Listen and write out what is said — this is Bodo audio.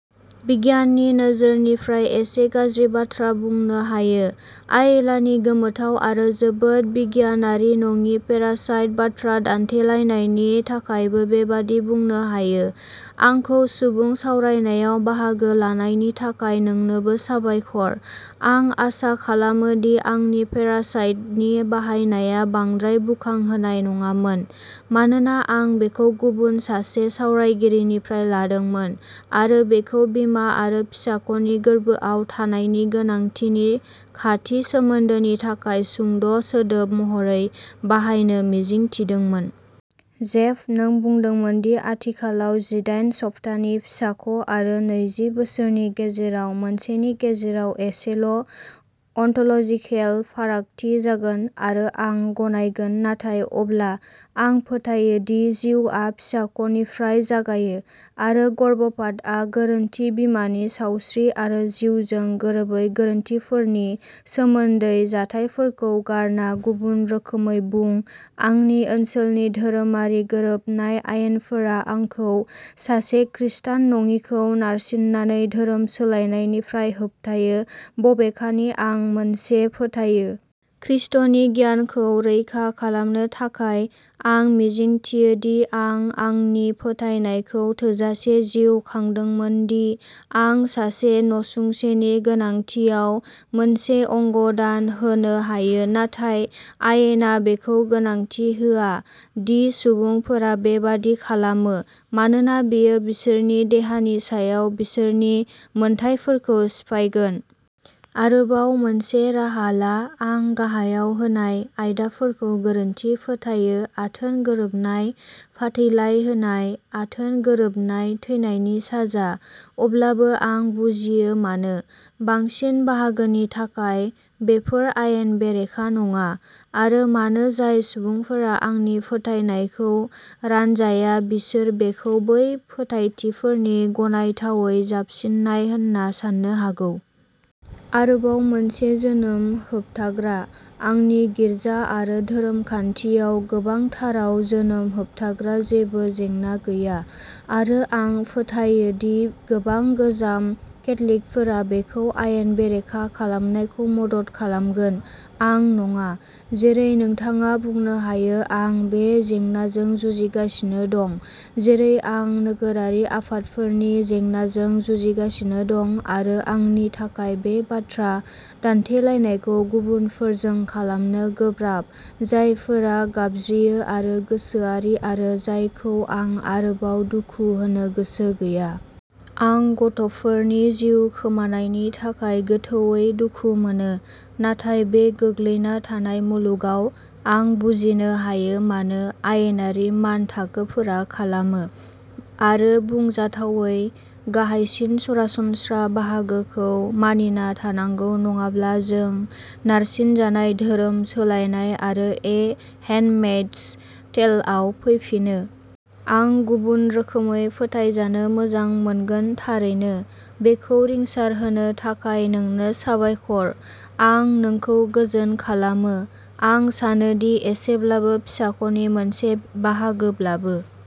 बिगियाननि नोजोरनिफ्राय एसे गाज्रि बाथ्रा बुंनो हायो। आयेलानि गोमोथाव आरो जोबोद बिगियानारि नङि पेरासाइट बाथ्रा दान्थेलायनायनि थाखायबो बेबादि बुंनो हायो। आंखौ सुबुं सावरायनायाव बाहागो लानायनि थाखाय नोंनोबो साबायखर। आं आसा खालामो दि आंनि पेरासाइट नि बाहायनाया बांद्राय बुखांहोनाय नङामोन, मानोना आं बेखौ गुबुन सासे सावरायगिरिनिफ्राय लादोंमोन आरो बेखौ बिमा आरो फिसाख'नि गोरबोआव थानायनि गोनांथिनि खाथि सोमोन्दोनि थाखाय सुंद' सोदोब महरै बाहायनो मिजिं थिदोंमोन। जेफ, नों बुंदोंमोन दि आथिखालाव जिदायेन सप्तानि फिसाख' आरो नैजि बोसोरनि गेजेराव मोनसेनि गेजेराव एसेल' अनटोल'जिकेल फारागथि जागोन, आरो आं गनायगोन नाथाय अब्ला, आं फोथायो दि जिउआ फिसाख'निफ्राय जागायो, आरो गर्भपातआ गोरोन्थि बिमानि सावस्रि आरो जिउजों गोरोबै गोरोन्थिफोरनि सोमोन्दै जाथायफोरखौ गारना गुबुन रोखोमै बुं आंनि ओनसोलनि धोरोमारि गोरोबनाय आयेनफोरा आंखौ सासे खृस्टान नङिखौ नारसिननानै धोरोम सोलायनायनिफ्राय होबथायो, बबेखानि आं मोनसे फोथायो। खृष्टनि गियानखौ रैखा खालामनो थाखाय। आं मिजिंथियो दि आं आंनि फोथायनायखौ थोजासे जिउ खांदोंमोन दि आं सासे नसुंसेनि गोनांथियाव मोनसे अंग दान होनो हायो, नाथाय आयेना बेखौ गोनांथि होआ दि सुबुंफोरा बेबादि खालामो, मानोना बेयो बिसोरनि देहानि सायाव बिसोरनि मोन्थाइफोरखौ सिफायगोन। आरोबाव मोनसे राहा ला आं गाहायाव होनाय आयदाफोरखौ गोरोन्थि फोथायो आथोन गोरोबनाय, फाथैलाइ होनाय, आथोन गोरोबनाय, थैनायनि साजा। अब्लाबो आं बुजियो मानो, बांसिन बाहागोनि थाखाय, बेफोर आयेन बेरेखा नङा, आरो मानो जाय सुबुंफोरा आंनि फोथायनायखौ रानजाया बिसोर बेखौ बै फोथायथिफोरनि गनायथावै जाबसिननाय होनना सान्नो हागौ। आरोबाव मोनसे जोनोम होबथाग्रा। आंनि गिर्जा आरो धोरोमखान्थियाव, गोबांथाराव, जोनोम होबथाग्रा जेबो जेंना गैया, आरो, आं फोथायो दि गोबां गोजाम केथ'लिकफोरा बेखौ आयेन बेरेखा खालामनायखौ मदद खालामगोन, आं नङा। जेरै नोंथाङा बुंनो हायो, आं बे जेंनाजों जुजिगासिनो दं, जेरै आं नोगोरारि आफादफोरनि जेंनाजों जुजिगासिनो दं, आरो आंनि थाखाय बे बाथ्रा दान्थेलायनायखौ गुबुनफोरजों खालामनो गोब्राब जायफोरा गाबज्रियो आरो गोसोआरि, आरो जायखौ आं आरोबाव दुखु होनो गोसो गैया। आं गथ'फोरनि जिउ खोमानायनि थाखाय गोथौवै दुखु मोनो। नाथाय बे गोग्लैना थानाय मुलुगाव, आं बुजिनो हायो मानो आयेनारि मानथाखोफोरा खालामो, आरो बुंजाथावै, गाहायसिन सरासनस्रा बाहागोखौ मानिना थानांगौ नङाब्ला जों नारसिनजानाय धोरोम सोलायनाय आरो ए हेन्डमेइड्स टेलआव फैफिनो। आं गुबुन रोखोमै फोथायजानो मोजां मोनगोन, थारैनो। बेखौ रिंसारहोनो थाखाय नोंनो साबायखर। आं नोंखौ गोजोन खालामो। आं सानो दि एसेब्लाबो फिसाख'नि मोनसे बाहागोब्लाबो।